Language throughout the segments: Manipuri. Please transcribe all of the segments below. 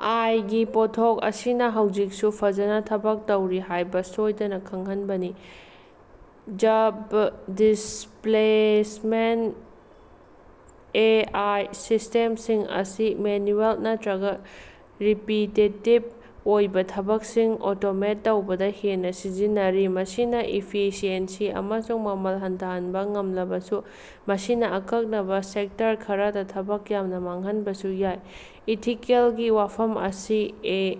ꯑꯥꯏ. ꯒꯤ ꯄꯣꯠꯊꯣꯛ ꯑꯁꯤꯅ ꯍꯧꯖꯤꯛꯁꯨ ꯐꯖꯅꯥ ꯊꯕꯛ ꯇꯧꯔꯤ ꯍꯥꯏꯕ ꯁꯣꯏꯗꯅ ꯈꯪꯍꯟꯕꯅꯤ꯫ ꯖꯕ ꯗꯤꯁꯄꯂꯦꯁꯃꯦꯟꯇ: ꯑꯦ. ꯑꯥꯏ. ꯁꯤꯁ꯭ꯇꯦꯝꯁꯤꯡ ꯑꯁꯤ ꯃꯦꯅꯨꯑꯦꯜ ꯅꯠꯇꯔꯒ ꯔꯤꯄꯤꯇꯦꯇꯤꯕ ꯑꯣꯏꯕ ꯊꯕꯛꯁꯤꯡ ꯑꯣꯇꯣꯃꯦꯠ ꯇꯧꯕꯗ ꯍꯦꯟꯅ ꯁꯤꯖꯤꯟꯅꯔꯤ꯫ ꯃꯁꯤꯅ ꯏꯐꯤꯁꯤꯑꯦꯟꯁꯤ ꯑꯃꯁꯨꯡ ꯃꯃꯜ ꯍꯟꯊꯍꯟꯕ ꯉꯝꯂꯕꯁꯨ, ꯃꯁꯤꯅ ꯑꯀꯛꯅꯕꯥ ꯁꯦꯛꯇꯔ ꯈꯔꯗꯥ ꯊꯕꯛ ꯌꯥꯝꯅ ꯃꯥꯡꯍꯟꯕꯁꯨ ꯌꯥꯏ꯫ ꯏꯊꯤꯀꯦꯜꯒꯤ ꯋꯥꯐꯝ ꯑꯁꯤ ꯑꯦ.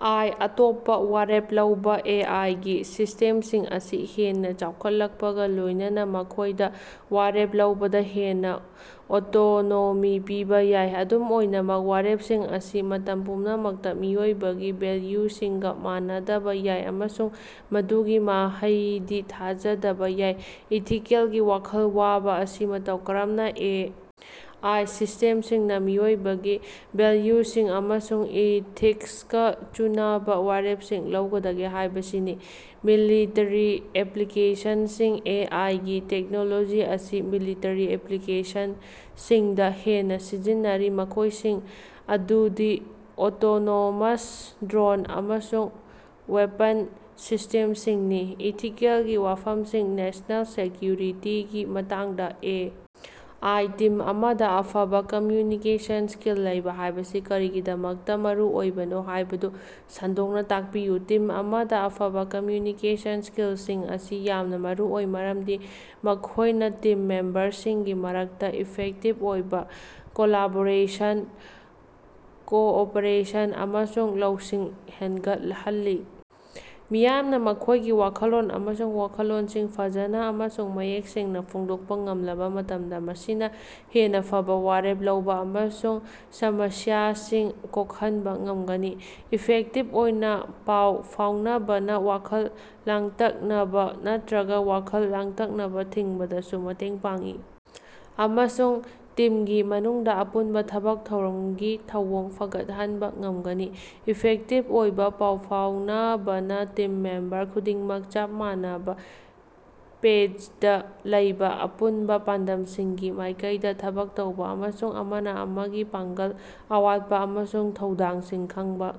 ꯑꯥꯏ. ꯑꯇꯣꯞꯄꯥ ꯋꯥꯔꯦꯞ ꯂꯧꯕ: ꯑꯦ. ꯑꯥꯏ. ꯒꯤ ꯁꯤꯁ꯭ꯇꯦꯝꯁꯤꯡ ꯑꯁꯤ ꯍꯦꯟꯅ ꯆꯥꯎꯈꯠꯂꯛꯄꯒꯥ ꯂꯣꯏꯅꯅꯥ ꯃꯈꯣꯏꯗꯥ ꯋꯥꯔꯦꯞ ꯂꯧꯕꯗꯥ ꯍꯦꯟꯅꯥ ꯑꯣꯇꯣꯅꯣꯃꯤ ꯄꯤꯕꯥ ꯌꯥꯏ꯫ ꯑꯗꯨꯝ ꯑꯣꯏꯅꯃꯛ, ꯋꯥꯔꯦꯞꯁꯤꯡ ꯑꯁꯤ ꯃꯇꯝ ꯄꯨꯝꯅꯃꯛꯇꯥ ꯃꯤꯑꯣꯏꯕꯒꯤ ꯚꯦꯜꯌꯨꯁꯤꯡꯒꯥ ꯃꯥꯟꯅꯗꯕꯥ ꯌꯥꯏ, ꯑꯃꯁꯨꯡ ꯃꯗꯨꯒꯤ ꯃꯍꯩꯗꯤ ꯊꯥꯖꯗꯕ ꯌꯥꯏ꯫ ꯏꯊꯤꯀꯦꯜꯒꯤ ꯋꯥꯈꯜ ꯋꯥꯕ ꯑꯁꯤ ꯃꯇꯧ ꯀꯔꯝꯅꯥ ꯑꯦ. ꯑꯥꯏ. ꯁꯤꯁ꯭ꯇꯦꯝꯁꯤꯡꯅ ꯃꯤꯑꯣꯏꯕꯒꯤ ꯚꯦꯜꯌꯨꯁꯤꯡ ꯑꯃꯁꯨꯡ ꯏꯊꯤꯛꯁꯀꯥ ꯆꯨꯅꯕꯥ ꯋꯥꯔꯦꯞꯁꯤꯡ ꯂꯧꯒꯗꯒꯦ ꯍꯥꯏꯕꯁꯤꯅꯤ꯫ ꯃꯤꯂꯤꯇꯔꯤ ꯑꯦꯞꯂꯤꯀꯦꯁꯟꯁꯤꯡ: ꯑꯦ. ꯑꯥꯏ. ꯒꯤ ꯇꯦꯛꯅꯣꯂꯣꯖꯤ ꯑꯁꯤ ꯃꯤꯂꯤꯇꯔꯤ ꯑꯦꯞꯂꯤꯀꯦꯁꯟꯁꯤꯡꯗꯥ ꯍꯦꯟꯅꯥ ꯁꯤꯖꯤꯟꯅꯔꯤ, ꯃꯈꯣꯏꯁꯤꯡ ꯑꯗꯨꯗꯤ ꯑꯣꯇꯣꯅꯣꯃꯁ ꯗ꯭ꯔꯣꯟ ꯑꯃꯁꯨꯡ ꯋꯦꯄꯟ ꯁꯤꯁ꯭ꯇꯦꯝꯁꯤꯡꯅꯤ꯫ ꯏꯊꯤꯀꯦꯜꯒꯤ ꯋꯥꯐꯝꯗꯤ ꯅꯦꯁ꯭ꯅꯦꯜ ꯁꯦꯀꯌꯨꯔꯤꯇꯤꯒꯤ ꯃꯇꯥꯡꯗ ꯑꯦ. ꯑꯥꯏ꯫ ꯇꯤꯝ ꯑꯃꯗ ꯑꯐꯕ ꯀꯝꯃꯌꯨꯅꯤꯀꯦꯁꯟ ꯁ꯭ꯀꯤꯜ ꯂꯩꯕ ꯍꯥꯏꯕꯁꯤ ꯀꯔꯤꯒꯤꯗꯃꯛꯇꯥ ꯃꯔꯨꯑꯣꯏꯕꯅꯣ ꯍꯥꯏꯕꯗꯨ ꯁꯟꯗꯣꯛꯅ ꯇꯥꯛꯄꯤꯌꯨ꯫ ꯇꯤꯝ ꯑꯃꯗ ꯑꯐꯕꯥ ꯀꯝꯃꯌꯨꯅꯤꯀꯦꯁꯟ ꯁ꯭ꯀꯤꯜꯁꯤꯡ ꯑꯁꯤ ꯌꯥꯝꯅ ꯃꯔꯨꯑꯣꯏ ꯃꯔꯝꯗꯤ ꯃꯈꯣꯌꯏꯅꯥ ꯇꯤꯝ ꯃꯦꯝꯕꯔꯁꯤꯡꯒꯤ ꯃꯔꯛꯇꯥ ꯏꯐꯦꯛꯇꯤꯕ ꯑꯣꯏꯕ ꯀꯣꯂꯥꯕꯣꯔꯦꯁꯟ, ꯀꯣꯑꯣꯄꯔꯦꯁꯟ ꯑꯃꯁꯨꯡ ꯂꯧꯁꯤꯡ ꯍꯦꯒꯠꯍꯜꯂꯤ꯫ ꯃꯤꯌꯥꯝꯅ ꯃꯈꯣꯏꯒꯤ ꯋꯥꯈꯜꯂꯣꯟ ꯑꯃꯁꯨꯡ ꯋꯥꯈꯜꯂꯣꯟꯁꯤꯡ ꯐꯖꯅ ꯑꯃꯁꯨꯡ ꯃꯌꯦꯛ ꯁꯦꯡꯅꯥ ꯐꯣꯡꯗꯣꯛꯄꯥ ꯉꯝꯂꯕꯥ ꯃꯇꯝꯗꯥ ꯃꯁꯤꯅꯥ ꯍꯦꯟꯅꯥ ꯐꯕꯥ ꯋꯥꯔꯦꯞ ꯂꯧꯕ ꯑꯃꯁꯨꯡ ꯁꯃꯁꯤꯌꯥꯁꯤꯡ ꯀꯣꯛꯍꯟꯕꯥ ꯉꯝꯒꯅꯤ꯫ ꯏꯐꯦꯛꯇꯤꯕ ꯑꯣꯏꯅ ꯄꯥꯎ ꯐꯥꯎꯅꯕꯅꯥ ꯋꯥꯈꯜ ꯂꯥꯡꯇꯛꯅꯕꯥ ꯅꯠꯇꯔꯒ ꯋꯥꯈꯜ ꯂꯥꯡꯇꯛꯅꯕꯥ ꯊꯤꯡꯕꯗꯁꯨ ꯃꯇꯦꯡ ꯄꯥꯡꯏ, ꯑꯃꯁꯨꯡ ꯇꯤꯝꯒꯤ ꯃꯅꯨꯡꯗꯥ ꯑꯄꯨꯟꯕꯥ ꯊꯕꯛ ꯊꯧꯔꯝꯒꯤ ꯊꯧꯑꯣꯡ ꯐꯒꯠꯍꯟꯕꯥ ꯉꯝꯒꯅꯤ꯫ ꯏꯐꯦꯛꯇꯤꯕ ꯑꯣꯏꯕ ꯄꯥꯎ ꯐꯥꯎꯅꯕꯅ ꯇꯤꯝ ꯃꯦꯝꯕꯔ ꯈꯨꯗꯤꯡꯃꯛ ꯆꯞ ꯃꯥꯟꯅꯕ ꯄꯦꯖꯗꯥ ꯂꯩꯕ, ꯑꯄꯨꯟꯕꯥ ꯄꯥꯟꯗꯝꯁꯤꯡꯒꯤ ꯃꯥꯏꯀꯩꯗꯥ ꯊꯕꯛ ꯇꯧꯕꯥ, ꯑꯃꯁꯨꯡ ꯑꯃꯅ ꯑꯃꯒꯤ ꯄꯥꯡꯒꯜ, ꯑꯋꯥꯠꯄ ꯑꯃꯁꯨꯡ ꯊꯧꯗꯥꯡꯁꯤꯡ ꯈꯪꯕꯥ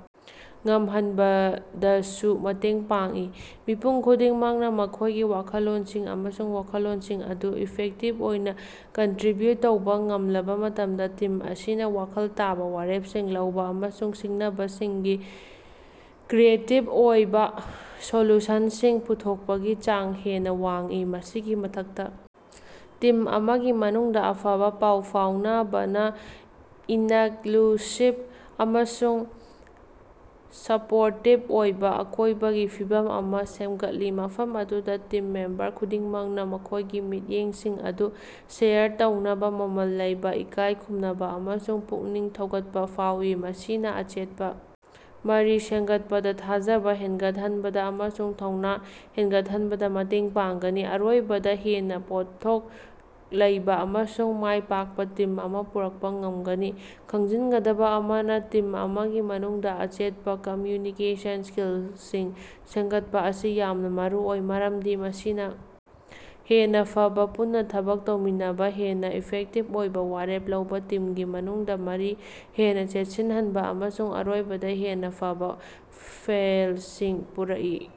ꯉꯝꯍꯟꯕꯗꯁꯨ ꯃꯇꯦꯡ ꯄꯥꯡꯏ꯫ ꯃꯤꯄꯨꯝ ꯈꯨꯗꯤꯡꯃꯛꯅꯥ ꯃꯈꯣꯏꯒꯤ ꯋꯥꯈꯜꯂꯣꯟꯁꯤꯡ ꯑꯃꯁꯨꯡ ꯋꯥꯈꯜꯂꯣꯟꯁꯤꯡ ꯑꯗꯨ ꯏꯐꯦꯛꯇꯤꯕ ꯑꯣꯏꯅ ꯀꯟꯇꯔꯤꯕ꯭ꯌꯨꯠ ꯇꯧꯕ ꯉꯝꯂꯕꯥ ꯃꯇꯝꯗ, ꯇꯤꯝ ꯑꯁꯤꯅ ꯋꯥꯈꯜ ꯇꯥꯕ ꯋꯥꯔꯦꯞꯁꯤꯡ ꯂꯧꯕ ꯑꯃꯁꯨꯡ ꯁꯤꯡꯅꯕꯁꯤꯡꯒꯤ ꯀ꯭ꯔꯤꯌꯦꯇꯤꯕ ꯑꯣꯏꯕ ꯁꯣꯂꯨꯁꯟꯁꯤꯡ ꯄꯨꯊꯣꯛꯄꯒꯤ ꯆꯥꯡ ꯍꯦꯟꯅꯥ ꯋꯥꯡꯏ꯫ ꯃꯁꯤꯒꯤ ꯃꯊꯛꯇꯥ, ꯇꯤꯝ ꯑꯃꯒꯤ ꯃꯅꯨꯡꯗꯥ ꯑꯐꯕꯥ ꯄꯥꯎ ꯐꯥꯎꯅꯕꯅ ꯏꯅꯛꯂꯨꯁꯤꯕ ꯑꯃꯁꯨꯡ ꯁꯄꯣꯔꯇꯤꯕ ꯑꯣꯏꯕ ꯑꯀꯣꯏꯕꯒꯤ ꯐꯤꯕꯝ ꯑꯃ ꯁꯦꯝꯒꯠꯂꯤ, ꯃꯐꯝ ꯑꯗꯨꯗ ꯇꯤꯝ ꯃꯦꯝꯕꯔ ꯈꯨꯗꯤꯡꯃꯛꯅꯥ ꯃꯈꯣꯏꯒꯤ ꯃꯤꯠꯌꯦꯡꯁꯤꯡ ꯑꯗꯨ ꯁꯦꯌꯔ ꯇꯧꯅꯕ ꯃꯃꯜ ꯂꯩꯕ, ꯏꯀꯥꯏꯈꯨꯝꯅꯕ ꯑꯃꯁꯨꯡ ꯄꯨꯛꯅꯤꯡ ꯊꯧꯒꯠꯄꯥ ꯐꯥꯎꯏ꯫ ꯃꯁꯤꯅ ꯑꯆꯦꯠꯄꯥ ꯃꯔꯤ ꯁꯦꯝꯒꯠꯄꯗꯥ, ꯊꯥꯖꯕ ꯍꯦꯒꯠꯍꯟꯕꯗ ꯑꯃꯁꯨꯡ ꯊꯧꯅ ꯍꯦꯒꯠꯍꯟꯕꯗ ꯃꯇꯦꯡ ꯄꯥꯡꯒꯅꯤ, ꯑꯔꯣꯏꯕꯗꯥ ꯍꯦꯟꯅꯥ ꯄꯣꯠꯊꯣꯛ ꯂꯩꯕ ꯑꯃꯁꯨꯡ ꯃꯥꯏꯄꯥꯛꯄ ꯇꯤꯝ ꯑꯃ ꯄꯨꯔꯛꯄꯥ ꯉꯝꯒꯅꯤ꯫ ꯈꯪꯖꯤꯟꯒꯗꯕ ꯑꯃꯅ, ꯇꯤꯝ ꯑꯃꯒꯤ ꯃꯅꯨꯡꯗ ꯑꯆꯦꯠꯄꯥ ꯀꯝꯃꯌꯨꯅꯤꯀꯦꯁꯟ ꯁ꯭ꯀꯤꯜꯁꯤꯡ ꯁꯦꯝꯒꯠꯄꯥ ꯑꯁꯤ ꯌꯥꯝꯅ ꯃꯔꯨꯑꯣꯏ, ꯃꯔꯝꯗꯤ ꯃꯁꯤꯅ ꯍꯦꯟꯅꯥ ꯐꯕꯥ ꯄꯨꯟꯅꯥ ꯊꯕꯛ ꯇꯧꯃꯤꯟꯅꯕꯥ, ꯍꯦꯟꯅꯥ ꯏꯐꯦꯛꯇꯤꯕ ꯑꯣꯏꯕ ꯋꯥꯔꯦꯞ ꯂꯧꯕ, ꯇꯤꯝꯒꯤ ꯃꯅꯨꯡꯗꯥ ꯃꯔꯤ ꯍꯦꯟꯅꯥ ꯆꯦꯠꯁꯤꯟꯍꯟꯕ ꯑꯃꯁꯨꯡ ꯑꯔꯣꯏꯕꯗ ꯍꯦꯟꯅ ꯐꯕꯥ ꯐꯦꯜꯁꯤꯡ ꯄꯨꯔꯛꯏ꯫